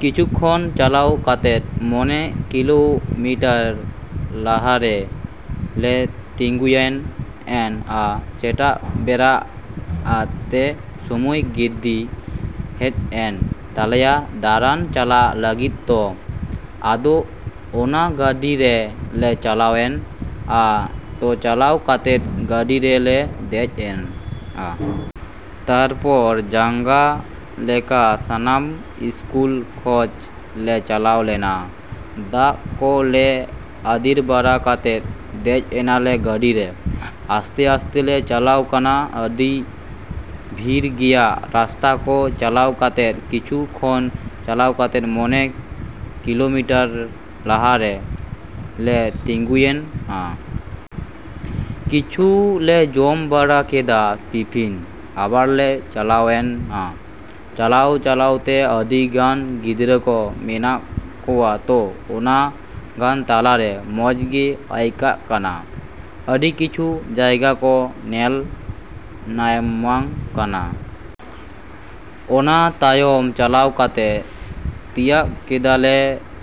‎ᱠᱤᱪᱷᱩ ᱠᱷᱚᱱ ᱪᱟᱞᱟᱣ ᱠᱟᱛᱮᱫ ᱢᱚᱲᱮ ᱠᱤᱞᱚᱢᱤᱴᱟᱨ ᱞᱟᱦᱟᱨᱮ ᱞᱮ ᱛᱤᱸᱜᱩᱭᱮᱱᱟ᱾ ᱥᱮᱛᱟᱜ ᱵᱮᱲᱟ ᱟᱴ ᱴᱟ ᱥᱚᱢᱚᱭ ᱜᱟᱹᱰᱤ ᱦᱮᱡ ᱮᱱ ᱛᱟᱞᱮᱭᱟ ᱫᱟᱲᱟᱱ ᱪᱟᱞᱟᱜ ᱞᱟᱹᱜᱤᱫ ᱛᱚ᱾ ᱟᱫᱚ ᱚᱱᱟ ᱜᱟᱹᱰᱤ ᱨᱮ ᱞᱮ ᱪᱟᱞᱟᱣᱮᱱᱟ᱾ ᱛᱚ ᱪᱟᱞᱟᱣ ᱠᱟᱛᱮᱫ ᱜᱟᱹᱰᱤ ᱨᱮ ᱞᱮ ᱫᱮᱡ ᱮᱱᱟ᱾ ᱛᱟᱯᱚᱨ ᱡᱟᱸᱦᱟ ᱞᱮᱠᱟ ᱥᱟᱱᱟᱢ ᱤᱥᱠᱩᱞ ᱠᱷᱚᱡ ᱞᱮ ᱪᱟᱞᱟᱣ ᱞᱮᱱᱟ ᱫᱟᱜ ᱠᱚ ᱞᱮ ᱟᱫᱮᱨ ᱵᱟᱲᱟ ᱠᱟᱛᱮᱫ ᱫᱮᱡ ᱮᱱᱟ ᱞᱮ ᱜᱟᱹᱰᱤ ᱨᱮ᱾ ᱟᱥᱛᱮᱼᱟᱥᱛᱮ ᱞᱮ ᱪᱟᱞᱟᱜ ᱠᱟᱱᱟ᱾ ᱟᱹᱰᱤ ᱵᱷᱤᱲ ᱜᱮᱭᱟ ᱨᱟᱥᱛᱟ ᱠᱚ ᱪᱟᱞᱟᱣ ᱠᱟᱛᱮᱫ ᱠᱤᱪᱷᱩ ᱠᱷᱚᱱ ᱪᱟᱞᱟᱣ ᱠᱟᱛᱮᱫ ᱢᱚᱲᱮ ᱠᱤᱞᱚᱢᱤᱴᱟᱨ ᱞᱟᱦᱟᱨᱮ ᱞᱮ ᱛᱤᱸᱜᱩᱭᱮᱱᱟ᱾ ᱠᱤᱪᱷᱩ ᱞᱮ ᱡᱚᱢ ᱵᱟᱲᱟ ᱠᱮᱫᱟ ᱴᱤᱯᱷᱤᱱ᱾ ᱟᱵᱟᱨ ᱞᱮ ᱪᱟᱞᱟᱣᱮᱱᱟ᱾ ᱪᱟᱞᱟᱣᱼᱪᱟᱞᱟᱣ ᱛᱮ ᱟᱹᱰᱤ ᱜᱟᱱ ᱜᱤᱫᱽᱨᱟᱹ ᱠᱚ ᱢᱮᱱᱟᱜ ᱠᱚᱣᱟ ᱛᱚ ᱩᱱᱟᱹᱜ ᱜᱟᱱ ᱛᱟᱞᱟ ᱨᱮ ᱢᱚᱪ ᱜᱮ ᱟᱹᱭᱠᱟᱹᱜ ᱠᱟᱱᱟ᱾ ᱟᱹᱰᱤ ᱠᱤᱪᱷᱩ ᱡᱟᱭᱜᱟ ᱠᱚ ᱧᱮᱞ ᱧᱟᱢᱚᱜ ᱠᱟᱱᱟ᱾ ᱚᱱᱟ ᱛᱟᱭᱚᱢ ᱪᱟᱞᱟᱣ ᱠᱟᱛᱮᱫ ᱛᱤᱭᱟᱹᱜ ᱠᱮᱫᱟ ᱞᱮ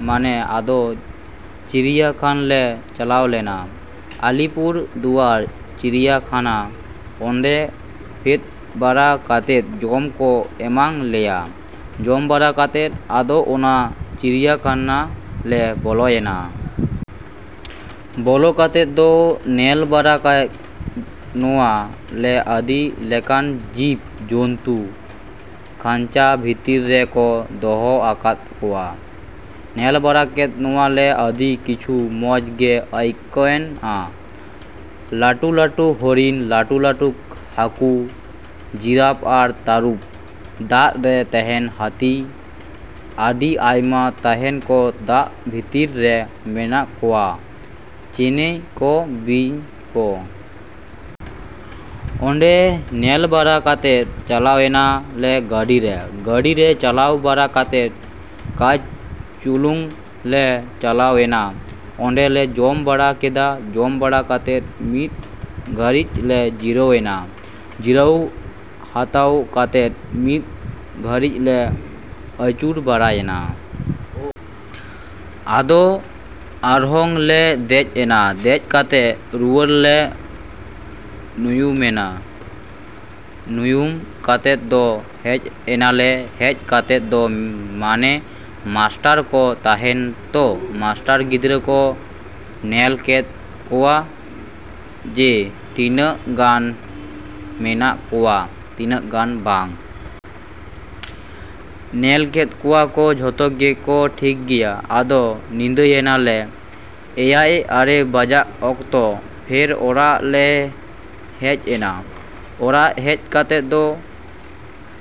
ᱢᱟᱱᱮ ᱟᱫᱚ ᱪᱤᱲᱭᱟᱹ ᱠᱷᱟᱱ ᱞᱮ ᱪᱟᱞᱟᱣ ᱞᱮᱱᱟ᱾ ᱟᱞᱤᱯᱩᱨ ᱫᱩᱣᱟᱨ ᱪᱤᱲᱭᱟᱹ ᱠᱷᱟᱱᱟ᱾ ᱚᱸᱰᱮ ᱯᱷᱮᱰ ᱵᱟᱲᱟ ᱠᱟᱛᱮᱫ ᱡᱚᱢ ᱠᱚ ᱮᱢᱟᱜ ᱞᱮᱭᱟ᱾ ᱡᱚᱢ ᱵᱟᱲᱟ ᱠᱟᱛᱮᱫ ᱟᱫᱚ ᱚᱱᱟ ᱪᱤᱲᱭᱟᱹ ᱠᱷᱟᱱᱟ ᱞᱮ ᱵᱚᱞᱚᱭᱮᱱᱟ᱾ ᱵᱚᱞᱚ ᱠᱟᱛᱮᱫ ᱫᱚ ᱧᱮᱞ ᱵᱟᱲᱟ ᱠᱮᱫ ᱠᱚᱣᱟ ᱞᱮ ᱟᱹᱰᱤ ᱞᱮᱠᱟᱱ ᱡᱤᱵ ᱡᱚᱱᱛᱩ ᱠᱷᱟᱧᱪᱟ ᱵᱷᱤᱛᱤᱨ ᱨᱮ ᱠᱚ ᱫᱚᱦᱚ ᱟᱠᱟᱫ ᱠᱚᱣᱟ᱾ ᱧᱮᱞ ᱵᱟᱲᱟ ᱠᱮᱫ ᱠᱚᱣᱟ ᱞᱮ ᱟᱹᱰᱤ ᱠᱤᱪᱷᱩ ᱢᱚᱪ ᱜᱮ ᱟᱹᱭᱠᱟᱹᱣᱮᱱᱟ᱾ ᱞᱟᱹᱴᱩᱼᱞᱟᱹᱴᱩ ᱦᱚᱨᱤᱱ, ᱞᱟᱹᱴᱩᱼᱞᱟᱹᱴᱩ ᱦᱟᱠᱩ, ᱡᱤᱨᱟᱯ ᱟᱨ ᱛᱟᱹᱨᱩᱵ, ᱫᱟᱜ ᱨᱮ ᱛᱟᱦᱮᱸᱱ ᱦᱟᱹᱛᱤ, ᱟᱹᱰᱤ ᱟᱭᱢᱟ ᱛᱟᱭᱟᱱ ᱠᱚ ᱫᱟᱜ ᱵᱷᱤᱛᱤᱨ ᱨᱮ ᱢᱮᱱᱟᱜ ᱠᱚᱣᱟ, ᱪᱮᱬᱮᱸ ᱠᱚ, ᱵᱤᱧ ᱠᱚ᱾ ᱚᱸᱰᱮ ᱧᱮᱞ ᱵᱟᱲᱟ ᱠᱟᱛᱮᱫ ᱪᱟᱞᱟᱣᱮᱱᱟ ᱞᱮ ᱜᱟᱹᱰᱤ ᱨᱮ᱾ ᱜᱟᱹᱰᱤ ᱨᱮ ᱪᱟᱞᱟᱣ ᱵᱟᱲᱟ ᱠᱟᱛᱮᱫ ᱠᱟᱹᱪ ᱪᱩᱞᱩᱝ ᱞᱮ ᱪᱟᱞᱟᱣᱮᱱᱟ᱾ ᱚᱸᱰᱮ ᱞᱮ ᱡᱚᱢ ᱵᱟᱲᱟ ᱠᱮᱫᱟ᱾ ᱡᱚᱢ ᱵᱟᱲᱟ ᱠᱟᱛᱮᱫ ᱢᱤᱫ ᱜᱷᱟᱹᱲᱤ ᱞᱮ ᱡᱤᱨᱟᱹᱣᱮᱱᱟ᱾ ᱡᱤᱨᱟᱹᱣ ᱦᱟᱛᱟᱣ ᱠᱟᱛᱮᱫ ᱢᱤᱫ ᱜᱷᱟᱹᱲᱤ ᱞᱮ ᱟᱹᱪᱩᱨ ᱵᱟᱲᱟᱭᱮᱱᱟ᱾ ᱟᱫᱚ ᱟᱨᱦᱚᱸ ᱞᱮ ᱫᱮᱡ ᱮᱱᱟ᱾ ᱫᱮᱡ ᱠᱟᱛᱮᱫ ᱨᱩᱣᱟᱹᱲ ᱞᱮ ᱧᱩᱦᱩᱢᱮᱱᱟ᱾ ᱧᱩᱦᱩᱢ ᱠᱟᱛᱮᱫ ᱫᱚ ᱦᱮᱡ ᱮᱱᱟ ᱞᱮ᱾ ᱦᱮᱡ ᱠᱟᱛᱮᱫ ᱫᱚ ᱢᱟᱱᱮ ᱢᱟᱥᱴᱟᱨ ᱠᱚ ᱛᱟᱦᱮᱸᱱᱟ ᱛᱚ ᱢᱟᱥᱴᱟᱨ ᱜᱤᱫᱽᱨᱟᱹ ᱠᱚ ᱧᱮᱞ ᱠᱮᱫ ᱠᱚᱣᱟ ᱡᱮ ᱛᱤᱱᱟᱹᱜ ᱜᱟᱱ ᱢᱮᱱᱟᱜ ᱠᱚᱣᱟ ᱛᱤᱱᱟᱹᱜ ᱜᱟᱱ ᱵᱟᱝ᱾ ᱧᱮᱞ ᱠᱮᱫ ᱠᱚᱣᱟ ᱠᱚ ᱡᱚᱛᱚ ᱜᱮ ᱠᱚ ᱴᱷᱤᱠ ᱜᱮᱭᱟ᱾ ᱟᱫᱚ ᱧᱤᱫᱟᱹᱭᱮᱱᱟ ᱞᱮ ᱮᱭᱟᱭ ᱟᱨᱮ ᱵᱟᱡᱟᱜ ᱚᱠᱛᱚ ᱯᱷᱮᱨ ᱚᱲᱟᱜ ᱞᱮ ᱦᱮᱡ ᱮᱱᱟ᱾ ᱚᱲᱟᱜ ᱦᱮᱡ ᱠᱟᱛᱮᱫ ᱫᱚ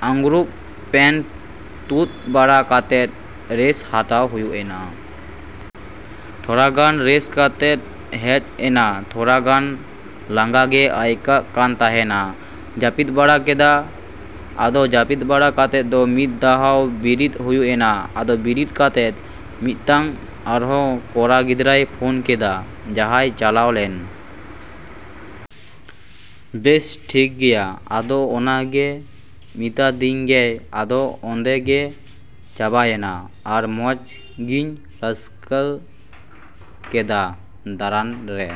ᱟᱸᱝᱨᱚᱯ ᱯᱮᱱᱴ ᱛᱩᱫ ᱵᱟᱲᱟ ᱠᱟᱛᱮᱫ ᱨᱮᱥ ᱦᱟᱛᱟᱣ ᱦᱩᱭᱱᱟ᱾ ᱛᱷᱚᱲᱟ ᱜᱟᱱ ᱨᱮᱥ ᱠᱟᱛᱮᱫ ᱦᱮᱡ ᱮᱱᱟ᱾ ᱛᱷᱚᱲᱟ ᱜᱟᱱ ᱞᱟᱸᱜᱟ ᱜᱮ ᱟᱹᱭᱠᱟᱹᱜ ᱠᱟᱱ ᱛᱟᱦᱮᱸᱜᱼᱟ᱾ ᱡᱟᱹᱯᱤᱫ ᱵᱟᱲᱟ ᱠᱮᱫᱟ᱾ ᱟᱫᱚ ᱡᱟᱹᱯᱤᱫ ᱵᱟᱲᱟ ᱠᱟᱛᱮᱫ ᱫᱚ ᱢᱤᱫ ᱫᱷᱟᱣ ᱵᱤᱨᱤᱫ ᱦᱩᱭᱮᱱᱟ᱾ ᱟᱫᱚ ᱵᱤᱨᱤᱫ ᱠᱟᱛᱮᱫ ᱢᱤᱫᱴᱮᱡ ᱟᱨᱦᱚᱸ ᱠᱚᱲᱟ ᱜᱤᱫᱽᱨᱟᱹᱭ ᱯᱷᱚᱱ ᱠᱮᱫᱟ ᱡᱟᱦᱟᱸᱭ ᱪᱟᱞᱟᱣ ᱞᱮᱱ᱾ ᱵᱮᱥ ᱴᱷᱤᱠ ᱜᱮᱭᱟ᱾ ᱟᱫᱚ ᱚᱱᱟ ᱜᱮ ᱢᱤᱛᱟᱫᱤᱧᱟᱭ᱾ ᱟᱫᱚ ᱚᱸᱰᱮ ᱜᱮ ᱪᱟᱵᱟᱭᱮᱱᱟ᱾ ᱟᱨ ᱢᱚᱪ ᱜᱤᱧ ᱨᱟᱹᱥᱠᱟᱹ ᱠᱮᱫᱟ ᱫᱟᱬᱟᱱ ᱨᱮ᱾।